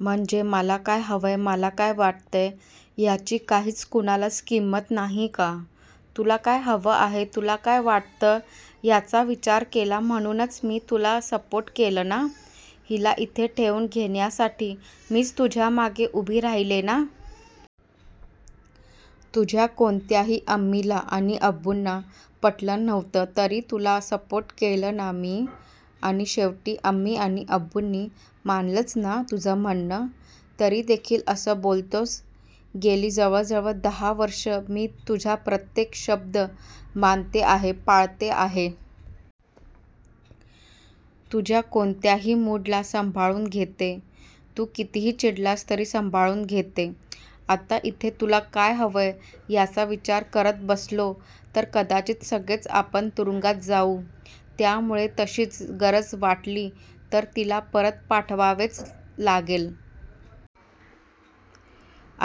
म्हणजे मला काय हवंय मला काय वाटतंय ह्याची काहीच कोणालाच किंमत नाही का? तुला काय हवं आहे तुला काय वाटतं ह्याचा विचार केला म्हणूनच मी तुला सपोर्ट केलं ना? हिला इथे ठेवून घेण्यासाठी मीच तुझ्यामागे उभी राहिले ना? तुझ्या कोणत्याही अम्मीला आणि अब्बूंना पटलं नव्हतं तरी तुला सपोर्ट केलं ना मी. आणि शेवटी अम्मी आणि अब्बूंनी मानलंच ना तुझं म्हणणं. तरीदेखील असं बोलतोस? गेली जवळ जवळ दहा वर्षं मी तुझा प्रत्येक शब्द मानते आहे पाळते आहे. तुझ्या कोणत्याही मूडला सांभाळून घेते. तू कितीही चिडलास तरी सांभाळून घेते. आत्ता इथे तुला काय हवंय ह्याचा विचार करत बसलो तर कदाचित सगळेच आपण तुरुंगात जाऊ. त्यामुळे तशीच गरज वाटली तर तिला परत पाठवावेच लागेल.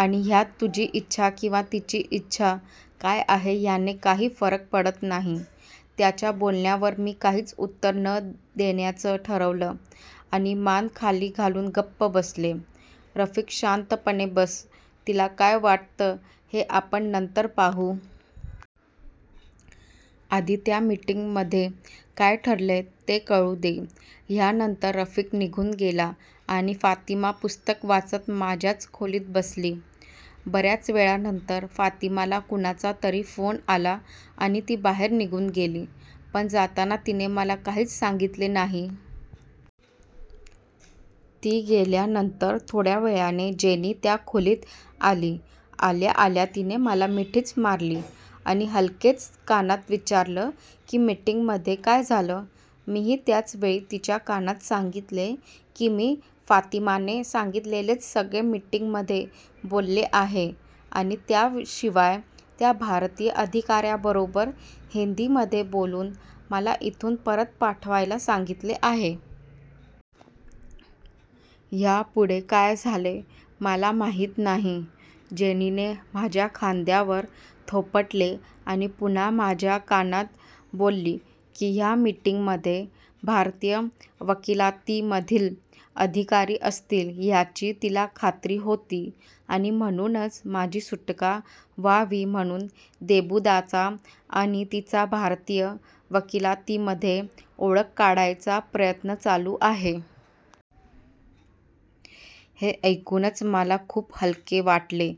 आणि ह्यात तुझी इच्छा किंवा तिची इच्छा काय आहे ह्याने काही फरक पडत नाही. त्याच्या बोलण्यावर मी काहीच उत्तर न देण्याचं ठरवलं आणि मान खाली घालून गप्प बसले. रफिक शांतपणे बस. तिला काय वाटतं हे आपण नंतर पाहू. आधी त्या मिटिंगमधे काय ठरलंय ते कळू दे. ह्यानंतर रफिक निघून गेला आणि फातिमा पुस्तक वाचत माझ्याच खोलीत बसली. बऱ्याच वेळानंतर फातिमाला कोणाचा तरी फोन आला आणि ती बाहेर निघून गेली. पण जाताना तिने मला काहीच सांगितले नाही. ती गेल्यानंतर थोड्या वेळाने जेनी त्या खोलीत आली. आल्या आल्या तिने मला मिठीच मारली. आणि हलकेच कानात विचारलं की मिटिंगमध्ये काय झालं? मीही त्याच वेळी तिच्या कानात सांगितले की मी फातिमाने सांगितलेलेच सगळे मिटिंगमध्ये बोलले आहे आणि त्याशिवाय त्या भारतीय अधिकाऱ्याबरोबर हिंदीमध्ये बोलून मला इथून परत पाठवायला सांगितले आहे. ह्यापुढे काय झाले मला माहीत नाही. जेनीने माझ्या खांद्यावर थोपटले आणि पुन्हा माझ्या कानात बोलली की ह्या मिटिंगमध्ये भारतीय वकिलातीमधील अधिकारी असतील ह्याची तिला खात्री होती आणि म्हणूनच माझी सुटका व्हावी म्हणून देबूदाचा आणि तिचा भारतीय वकिलातीमध्ये ओळख काढायचा प्रयत्न चालू आहे. हे ऐकूनच मला खूप हलके वाटले.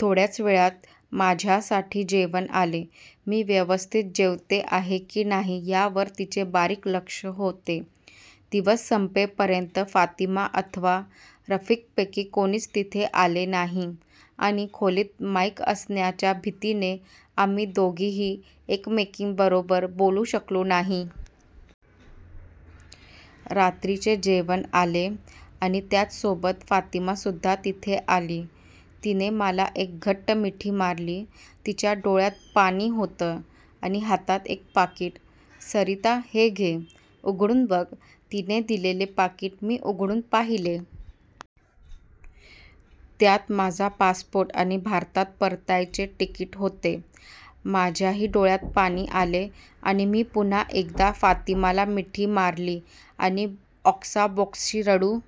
थोड्याच वेळात माझ्यासाठी जेवण आले. मी व्यवस्थित जेवते आहे की नाही ह्यावर तिचे बारीक लक्ष होते. दिवस संपेपर्यंत फातिमा अथवा रफिकपैकी कोणीच तिथे आले नाही. आणि खोलीत माईक असण्याच्या भीतीने आम्ही दोघीही एकमेकींबरोबर बोलू शकलो नाही. रात्रीचे जेवण आले आणि त्याचसोबत फातिमासुद्धा तिथे आली. तिने मला एक घट्ट मिठी मारली. तिच्या डोळ्यात पाणी होतं. आणि हातात एक पाकीट. सरीता, हे घे. उघडून बघ. तिने दिलेले पाकीट मी उघडून पाहिले. त्यात माझा पासपोर्ट आणि भारतात परतायचे तिकीट होते. माझ्याही डोळ्यात पाणी आले आणि मी पुन्हा एकदा फातिमाला मिठी मारली आणि ओक्साबोक्शी रडू